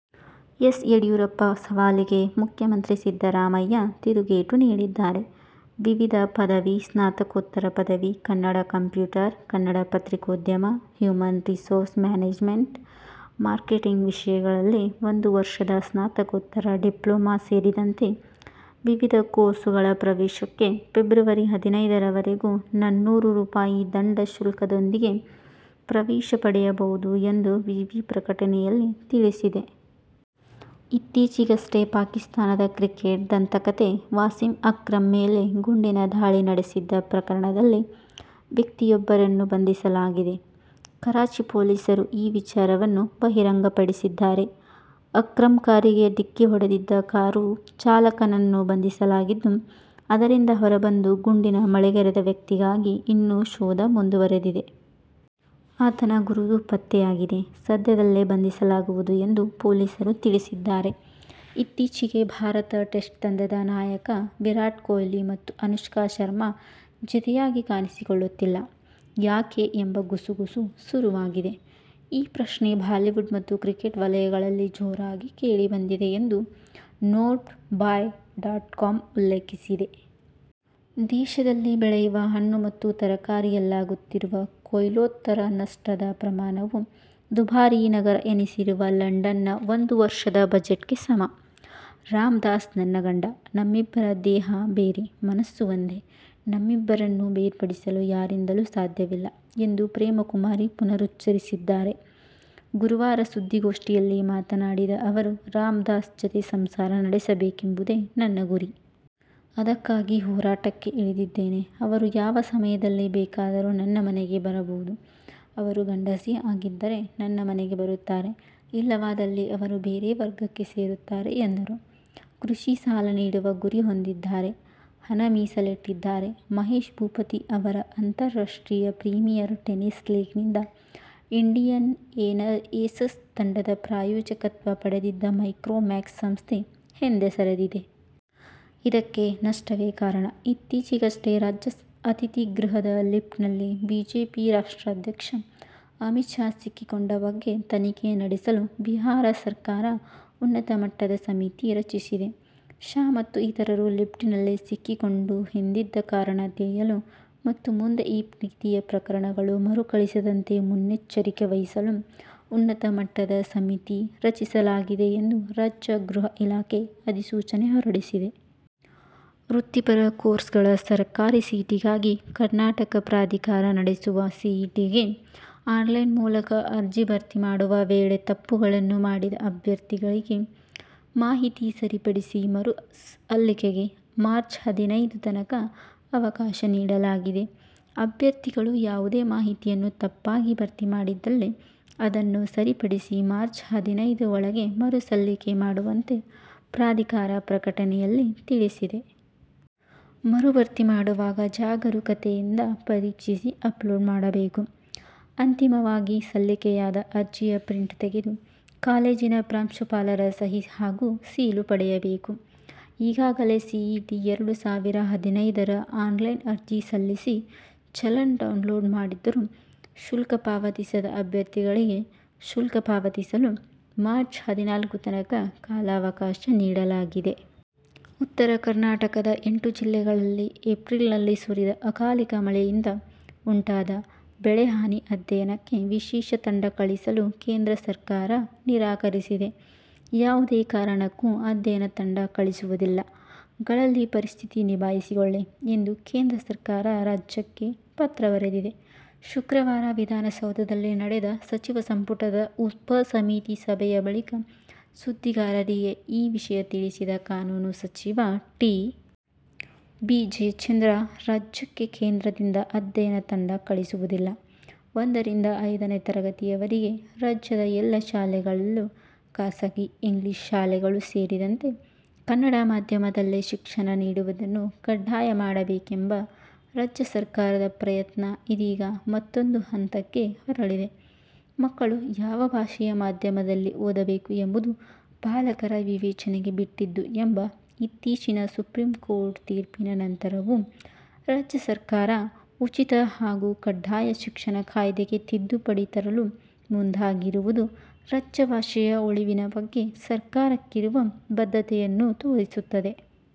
S. Yediyurappa ಸವಾಲಿಗೆ ಮುಖ್ಯಮಂತ್ರಿ ಸಿದ್ದರಾಮಯ್ಯ ತಿರುಗೇಟು ನೀಡಿದ್ದಾರೆ. ವಿವಿಧ ಪದವಿ, ಸ್ನಾತಕೋತ್ತರ ಪದವಿ, ಕನ್ನಡ ಕಂಪ್ಯೂಟರ್, ಕನ್ನಡ ಪತ್ರಿಕೋದ್ಯಮ, ಹ್ಯೂಮನ್ ರಿಸೋರ್ಸ್ ಮ್ಯಾನೇಜ್ಮೆಂಟ್, ಮಾರ್ಕೆಟಿಂಗ್ ವಿಷಯಗಳಲ್ಲಿ ಒಂದು ವರ್ಷದ ಸ್ನಾತಕೋತ್ತರ ಡಿಪ್ಲೊಮಾ ಸೇರಿದಂತೆ ವಿವಿಧ ಕೋರ್ಸುಗಳ ಪ್ರವೇಶಕ್ಕೆ ಫೆಬ್ರವರಿ ಹದಿನೈದು ರವರೆಗೂ ನನ್ನೂರು ರೂಪಾಯಿ ದಂಡಶುಲ್ಕದೊಂದಿಗೆ ಪ್ರವೇಶ ಪಡೆಯಬಹುದು ಎಂದು ವಿವಿ ಪ್ರಕಟನೆಯಲ್ಲಿ ತಿಳಿಸಿದೆ. ಇತ್ತೀಚೆಗಷ್ಟೇ ಪಾಕಿಸ್ತಾನದ ಕ್ರಿಕೆಟ್ ದಂತಕಥೆ ವಾಸಿಂ ಅಕ್ರಂ ಮೇಲೆ ಗುಂಡಿನ ದಾಳಿ ನಡೆಸಿದ್ದ ಪ್ರಕರಣದಲ್ಲಿ ವ್ಯಕ್ತಿಯೊಬ್ಬರನ್ನು ಬಂಧಿಸಲಾಗಿದೆ. ಕರಾಚಿ ಪೊಲೀಸರು ಈ ವಿಚಾರವನ್ನು ಬಹಿರಂಗಪಡಿಸಿದ್ದಾರೆ. ಅಕ್ರಂ ಕಾರಿಗೆ ಡಿಕ್ಕಿ ಹೊಡೆದಿದ್ದ ಕಾರು ಚಾಲಕನನ್ನು ಬಂಧಿಸಲಾಗಿದ್ದು, ಅದರಿಂದ ಹೊರಬಂದು ಗುಂಡಿನ ಮಳೆಗರೆದ ವ್ಯಕ್ತಿಗಾಗಿ ಇನ್ನೂ ಶೋಧ ಮುಂದುವರಿದಿದೆ. ಆತನ ಗುರುತು ಪತ್ತೆಯಾಗಿದೆ, ಸದ್ಯದಲ್ಲೇ ಬಂಧಿಸಲಾಗುವುದು ಎಂದು ಪೊಲೀಸರು ತಿಳಿಸಿದ್ದಾರೆ. ಇತ್ತೀಚೆಗೆ ಭಾರತ ಟೆಸ್ಟ್ ತಂಡದ ನಾಯಕ ವಿರಾಟ್ ಕೊಹ್ಲಿ ಮತ್ತು ಅನುಷ್ಕಾ ಶರ್ಮಾ ಜತೆಯಾಗಿ ಕಾಣಿಸಿಕೊಳ್ಳುತ್ತಿಲ್ಲ ಯಾಕೆ ಎಂಬ ಗುಸುಗುಸು ಶುರುವಾಗಿದೆ. ಈ ಪ್ರಶ್ನೆ ಬಾಲಿವುಡ್ ಮತ್ತು ಕ್ರಿಕೆಟ್ ವಲಯಗಳಲ್ಲಿ ಜೋರಾಗಿ ಕೇಳಿಬಂದಿದೆ ಎಂದು ನ್ಪೋರ್ಟ್ ಬಾಯ್ ಡಾಟ್ ಕಾಮ್ ಉಲ್ಲೇಖೀಸಿದೆ. ದೇಶದಲ್ಲಿ ಬೆಳೆಯುವ ಹಣ್ಣು ಮತ್ತು ತರಕಾರಿಯಲ್ಲಾಗುತ್ತಿರುವ ಕೊಯ್ಲೋತ್ತರ ನಷ್ಟದ ಪ್ರಮಾಣವು ದುಬಾರಿ ನಗರ ಎನಿಸಿರುವ ಲಂಡನ್ನ ಒಂದು ವರ್ಷದ ಬಜೆಟ್ಗೆ ಸಮ! "ರಾಮದಾಸ್ ನನ್ನ ಗಂಡ. ನಮ್ಮಿಬ್ಬರ ದೇಹ ಬೇರೆ ಮನಸ್ಸು ಒಂದೇ. ನಮ್ಮಿಬ್ಬರನ್ನು ಬೇರ್ಪಡಿಸಲು ಯಾರಿಂದಲೂ ಸಾಧ್ಯವಿಲ್ಲ' ಎಂದು ಪ್ರೇಮಕುಮಾರಿ ಪುನರುಚ್ಚರಿಸಿದ್ದಾರೆ. ಗುರುವಾರ ಸುದ್ದಿಗೋಷ್ಠಿಯಲ್ಲಿ ಮಾತನಾಡಿದ ಅವರು, ರಾಮದಾಸ್ ಜತೆ ಸಂಸಾರ ನಡೆಸಬೇಕೆಂಬುದು ನನ್ನ ಗುರಿ. ಅದಕ್ಕಾಗಿ ಹೋರಾಟಕ್ಕೆ ಇಳಿದಿದ್ದೇನೆ. ಅವರು ಯಾವ ಸಮಯದಲ್ಲಿ ಬೇಕಾದರೂ ನನ್ನ ಮನೆಗೆ ಬರಬಹುದು. ಅವರು ಗಂಡಸೇ ಆಗಿದ್ದರೆ ನನ್ನ ಮನೆಗೆ ಬರುತ್ತಾರೆ. ಇಲ್ಲವಾದಲ್ಲಿ ಅವರು ಬೇರೆ ವರ್ಗಕ್ಕೆ ಸೇರುತ್ತಾರೆ ಎಂದರು. ಕೃಷಿ ಸಾಲ ನೀಡುವ ಗುರಿ ಹೊಂದಿದ್ದಾರೆ. ಹಣ ಮೀಸಲಿಟ್ಟಿದ್ದಾರೆ. ಮಹೇಶ್ ಭೂಪತಿ ಅವರ ಅಂತಾರಾಷ್ಟ್ರೀಯ ಪ್ರೀಮಿಯರ್ ಟೆನಿಸ್ ಲೀಗ್ನಿಂದ ಇಂಡಿಯನ್ ಏಸಸ್ ತಂಡದ ಪ್ರಾಯೋಜಕತ್ವ ಪಡೆದಿದ್ದ ಮೈಕ್ರೋಮ್ಯಾಕ್ಸ್ ಸಂಸ್ಥೆ ಹಿಂದೆ ಸರಿದಿದೆ. ಇದಕ್ಕೆ ನಷ್ಟವೇ ಕಾರಣ. ಇತ್ತೀಚೆಗಷ್ಟೇ ರಾಜ್ಯ ಅತಿಥಿ ಗೃಹದ ಲಿಫ್ಟ್ನಲ್ಲಿ ಬಿಜೆಪಿ ರಾಷ್ಟ್ರಾಧ್ಯಕ್ಷ ಅಮಿತ್ ಶಾ ಸಿಕ್ಕಿಕೊಂಡ ಬಗ್ಗೆ ತನಿಖೆ ನಡೆಸಲು ಬಿಹಾರ ಸರ್ಕಾರ ಉನ್ನತ ಮಟ್ಟದ ಸಮಿತಿ ರಚಿಸಿದೆ. ಶಾ ಮತ್ತು ಇತರರು ಲಿಫ್ಟಿನಲ್ಲಿ ಸಿಕ್ಕಿಕೊಂಡ ಹಿಂದಿದ್ದ ಕಾರಣ ತಿಳಿಯಲು ಮತ್ತು ಮುಂದೆ ಈ ರೀತಿಯ ಪ್ರಕರಣಗಳು ಮರುಕಳಿಸದಂತೆ ಮುನ್ನೆಚ್ಚರಿಕೆ ವಹಿಸಲು, ಉನ್ನತ ಮಟ್ಟದ ಸಮಿತಿ ರಚಿಸಲಾಗಿದೆ ಎಂದು ರಾಜ್ಯ ಗೃಹ ಇಲಾಖೆ ಅಧಿಸೂಚನೆ ಹೊರಡಿಸಿದೆ. ವೃತ್ತಿಪರ ಕೋರ್ಸ್ಗಳ ಸರ್ಕಾರಿ ಸೀಟಿಗಾಗಿ ಕರ್ನಾಟಕ ಪ್ರಾಧಿಕಾರ ನಡೆಸುವ ಸಿಇಟಿಗೆ ಆನ್ಲೈನ್ ಮೂಲಕ ಅರ್ಜಿ ಭರ್ತಿ ಮಾಡುವ ವೇಳೆ ತಪ್ಪುಗಳನ್ನು ಮಾಡಿದ ಅಭ್ಯರ್ಥಿಗಳಿಗೆ ಮಾಹಿತಿ ಸರಿಪಡಿಸಿ ಮರು ಸಲ್ಲಿಕೆಗೆ ಮಾರ್ಚ್ ಹದಿನೈದು ತನಕ ಅವಕಾಶ ನೀಡಲಾಗಿದೆ. ಅಭ್ಯರ್ಥಿಗಳು ಯಾವುದೇ ಮಾಹಿತಿಯನ್ನು ತಪ್ಪಾಗಿ ಭರ್ತಿ ಮಾಡಿದ್ದಲ್ಲಿ ಅದನ್ನು ಸರಿಪಡಿಸಿ ಮಾರ್ಚ್ ಹದಿನೈದು ಒಳಗೆ ಮರು ಸಲ್ಲಿಕೆ ಮಾಡುವಂತೆ ಪ್ರಾಧಿಕಾರ ಪ್ರಕಟಣೆಯಲ್ಲಿ ತಿಳಿಸಿದೆ. ಮರುಭರ್ತಿ ಮಾಡುವಾಗ ಜಾಗರೂಕತೆಯಿಂದ ಪರೀಕ್ಷಿಸಿ, ಅಪ್ಲೋಡ್ ಮಾಡಬೇಕು. ಅಂತಿಮವಾಗಿ ಸಲ್ಲಿಕೆಯಾದ ಅರ್ಜಿಯ ಪ್ರಿಂಟ್ ತೆಗೆದು, ಕಾಲೇಜಿನ ಪ್ರಾಂಶುಪಾಲರ ಸಹಿ ಹಾಗೂ ಸೀಲು ಪಡೆಯಬೇಕು. ಈಗಾಗಲೇ ಸಿಇಟಿ-ಎರಡು ಸಾವಿರ ಹದಿನೈದು ರ ಆನ್ಲೈನ್ ಅರ್ಜಿ ಸಲ್ಲಿಸಿ, ಚಲನ್ ಡೌನ್ಲೋಡ್ ಮಾಡಿದ್ದರೂ ಶುಲ್ಕ ಪಾವತಿಸದ ಅಭ್ಯರ್ಥಿಗಳಿಗೆ ಶುಲ್ಕ ಪಾವತಿಸಲು ಮಾರ್ಚ್ರ ಹದಿನಾಲ್ಕು ತನಕ ಕಾಲಾವಕಾಶ ನೀಡಲಾಗಿದೆ. ಉತ್ತರ ಕರ್ನಾಟಕದ ಎಂಟು ಜಿಲ್ಲೆಗಳಲ್ಲಿ ಏಪ್ರಿಲ್ನಲ್ಲಿ ಸುರಿದ ಅಕಾಲಿಕ ಮಳೆಯಿಂದ ಉಂಟಾದ ಬೆಳೆ ಹಾನಿ ಅಧ್ಯಯನಕ್ಕೆ ವಿಶೇಷ ತಂಡ ಕಳಿಸಲು ಕೇಂದ್ರ ಸರ್ಕಾರ ನಿರಾಕರಿಸಿದೆ. ಯಾವುದೇ ಕಾರಣಕ್ಕೂ ಅಧ್ಯಯನ ತಂಡ ಕಳಿಸುವುದಿಲ್ಲ. ಗಳಲ್ಲಿ ಪರಿಸ್ಥಿತಿ ನಿಭಾಯಿಸಿಕೊಳ್ಳಿ ಎಂದು ಕೇಂದ್ರ ಸರ್ಕಾರ ರಾಜ್ಯಕ್ಕೆ ಪತ್ರ ಬರೆದಿದೆ. ಶುಕ್ರವಾರ ವಿಧಾನಸೌಧದಲ್ಲಿ ನಡೆದ ಸಚಿವ ಸಂಪುಟದ ಉಪ ಸಮಿತಿ ಸಭೆಯ ಬಳಿಕ ಸುದ್ದಿಗಾರರಿಗೆ ಈ ವಿಷಯ ತಿಳಿಸಿದ ಕಾನೂನು ಸಚಿವ ಟಿ. ಬಿ. ಜಯಚಂದ್ರ, ರಾಜ್ಯಕ್ಕೆ ಕೇಂದ್ರದಿಂದ ಅಧ್ಯಯನ ತಂಡ ಕಳಿಸುವುದಿಲ್ಲ. ಒಂದರಿಂದ ಐದನೇ ತರಗತಿಯವರೆಗೆ ರಾಜ್ಯದ ಎಲ್ಲಾ ಶಾಲೆಗಳಲ್ಲೂ, ಖಾಸಗಿ ಇಂಗ್ಲಿಷ್ ಶಾಲೆಗಳೂ ಸೇರಿದಂತೆ, ಕನ್ನಡ ಮಾಧ್ಯಮದಲ್ಲೇ ಶಿಕ್ಷಣ ನೀಡುವುದನ್ನು ಕಡ್ಡಾಯ ಮಾಡಬೇಕೆಂಬ ರಾಜ್ಯ ಸರ್ಕಾರದ ಪ್ರಯತ್ನ ಇದೀಗ ಮತ್ತೂಂದು ಹಂತಕ್ಕೆ ಹೊರಳಿದೆ. ಮಕ್ಕಳು ಯಾವ ಭಾಷೆಯ ಮಾಧ್ಯಮದಲ್ಲಿ ಓದಬೇಕು ಎಂಬುದು ಪಾಲಕರ ವಿವೇಚನೆಗೆ ಬಿಟ್ಟಿದ್ದು ಎಂಬ ಇತ್ತೀಚಿನ ಸುಪ್ರೀಂಕೋರ್ಟ್ ತೀರ್ಪಿನ ನಂತರವೂ ರಾಜ್ಯ ಸರ್ಕಾರ ಉಚಿತ ಹಾಗೂ ಕಡ್ಡಾಯ ಶಿಕ್ಷಣ ಕಾಯ್ದೆಗೆ ತಿದ್ದುಪಡಿ ತರಲು ಮುಂದಾಗಿರುವುದು ರಾಜ್ಯಭಾಷೆಯ ಉಳಿವಿನ ಬಗ್ಗೆ ಸರ್ಕಾರಕ್ಕಿರುವ ಬದ್ಧತೆಯನ್ನು ತೋರಿಸುತ್ತದೆ.